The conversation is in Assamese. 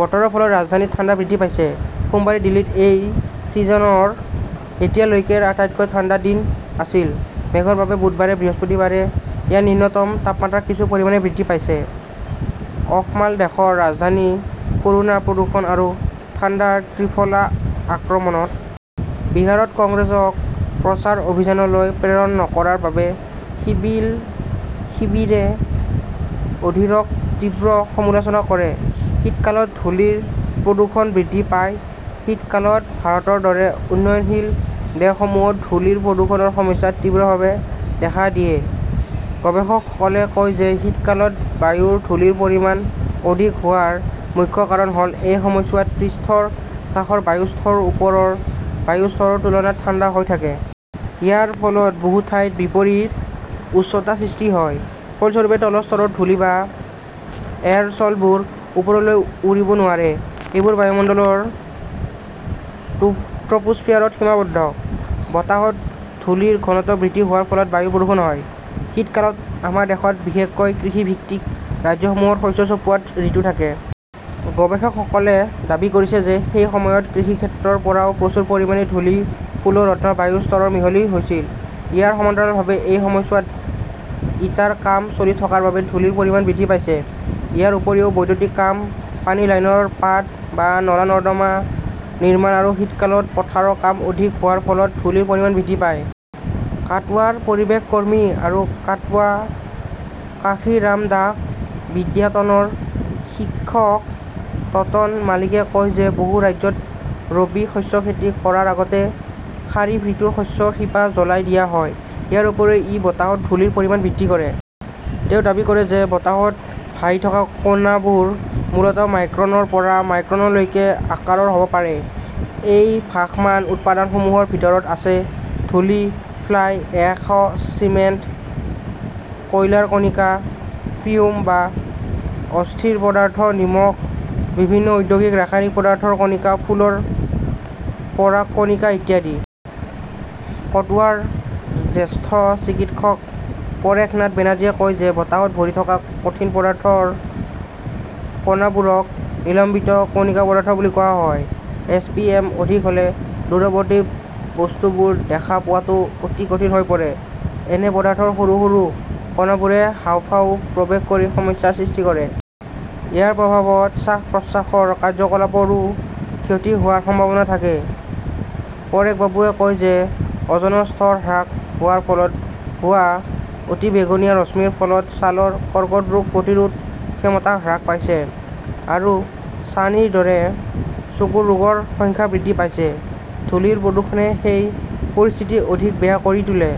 বতাহৰ ফলত ৰাজধানীত ঠাণ্ডা বৃদ্ধি পাইছে। সোমবাৰে দিল্লীত এই ছিজনৰ এতিয়ালৈকেৰ আটাইতকৈ ঠাণ্ডা দিন আছিল। মেঘৰ বাবে বুধবাৰ-বৃহস্পতিবাৰে ইয়াৰ নিম্নতম তাপমাত্ৰা কিছু পৰিমাণে বৃদ্ধি পাইছে। অসমাল দেশৰ ৰাজধানী, কৰোনা, প্ৰদূষণ আৰু ঠাণ্ডাৰ ত্ৰিফালা আক্ৰমণত। বিহাৰত কংগ্ৰেছক প্ৰচাৰ অভিযানলৈ প্ৰেৰণ নকৰাৰ বাবে সিবল শিবিৰে অধীৰক তীব্ৰ সমালোচনা কৰে। শীতকালত ধূলিৰ প্ৰদূষণ বৃদ্ধি পায় শীতকালত ভাৰতৰ দৰে উন্নয়নশীল দেশসমূহত ধূলিৰ প্ৰদূষণৰ সমস্যা তীব্ৰভাৱে দেখা দিয়ে। গৱেষকসকলে কয় যে শীতকালত বায়ুৰ ধূলিৰ পৰিমাণ অধিক হোৱাৰ মুখ্য কাৰণ হল, এই সময়ছোৱাত পৃষ্ঠৰ কাষৰ বায়ুৰ স্তৰ ওপৰৰ বায়ুৰ স্তৰৰ তুলনাত ঠাণ্ডা হৈ থাকে। ইয়াৰ ফলত বহু ঠাইত 'বিপৰীত উষ্ণতাসৃষ্টি হয়। ফলস্বৰূপে, তলৰ স্তৰৰ ধূলি বা এৰছলবোৰ ওপৰলৈ উৰিব নোৱাৰে। এইবোৰ বায়ুমণ্ডলৰ ট্ৰপোস্ফিয়াৰত সীমাবদ্ধ। বতাহত ধূলিৰ ঘনত্ব বৃদ্ধি হোৱাৰ ফলত বায়ু প্ৰদূষণ হয়। শীতকালত আমাৰ দেশত, বিশেষকৈ কৃষিভিত্তিক ৰাজ্যসমূহত শস্য চপোৱাৰ ঋতু থাকে। গৱেষকসকলে দাবী কৰিছে যে সেই সময়ত কৃষিক্ষেত্ৰৰ পৰাও প্ৰচুৰ পৰিমাণে ধূলি, ফুলৰ ৰত্ন বায়ুৰ স্তৰত মিহলি হৈছিল। ইয়াৰ সমান্তৰালভাৱে এই সময়ছোৱাত ইটাৰ কাম চলি থকাৰ বাবে ধূলিৰ পৰিমাণ বৃদ্ধি পাইছে। ইয়াৰ উপৰিও, বৈদ্যুতিক কাম, পানীৰ লাইনৰ পাত বা নলা-নৰ্দমা নিৰ্মাণ আৰু শীতকালত পথৰ কাম অধিক হোৱাৰ ফলত ধূলিৰ পৰিমাণ বৃদ্ধি পায়। কাটৱাৰ পৰিৱেশ কৰ্মী আৰু কাটৱা কাশীৰামদাস বিদ্যায়তনৰ শিক্ষক টটন মালিকে কয় যে বহু ৰাজ্যত ৰবি শস্য খেতি কৰাৰ আগতে খাৰিফ ঋতুৰ শস্যৰ শিপা জ্বলাই দিয়া হয়। ইয়াৰ উপৰিও ই বতাহত ধূলিৰ পৰিমাণ বৃদ্ধি কৰে। তেওঁ দাবী কৰে যে বতাহত ভাহি থকা কণাবোৰ মূলতঃ মাইক্ৰনৰ পৰা মাইক্ৰনলৈকে আকাৰৰ হ 'ব পাৰে। এই ভাসমান উপাদানসমূহৰ ভিতৰত আছে ধূলি, ফ্লাই এশ, চিমেণ্ট, কয়লাৰ কণিকা, 'ফিউম বা অস্থিৰ পদাৰ্থ, নিমখ, বিভিন্ন ঔদ্যোগিক ৰাসায়নিক পদাৰ্থৰ কণিকা, ফুলৰ পৰাগকণিকা ইত্যাদি। কাটৱাৰ জ্যেষ্ঠ চিকিৎসক পৰেশনাথ বেনাৰ্জীয়ে কয় যে বতাহত ভৰি থকা কঠিন পদাৰ্থৰ কণাবোৰক 'নিলম্বিত কণিকা পদাৰ্থ বুলি কোৱা হয়। এছ. পি. এম. অধিক হলে দূৰৱৰ্তী বস্তুবোৰ দেখা পোৱাটো অতি কঠিন হৈ পৰে। এনে পদাৰ্থৰ সৰু সৰু কণাবোৰে হাঁওফাঁওত প্ৰৱেশ কৰি সমস্যাৰ সৃষ্টি কৰে। ইয়াৰ প্ৰভাৱত শ্বাস-প্ৰশ্বাসৰ কাৰ্য্যকলাপৰো ক্ষতি হোৱাৰ সম্ভাৱনা থাকে। পৰেশবাবুৱে কয় যে অজনৰ স্তৰ হ্ৰাস হোৱাৰ ফলত হোৱা অতিবেঙুনীয়া ৰশ্মিৰ ফলত ছালৰ কৰ্কট ৰোগ প্ৰতিৰোধ ক্ষমতা হ্ৰাস পাইছে। আৰু ছানিৰ দৰে চকুৰ ৰোগৰ সংখ্যা বৃদ্ধি পাইছে। ধূলিৰ প্ৰদূষণে সেই পৰিস্থিতি অধিক বেয়া কৰি তোলে।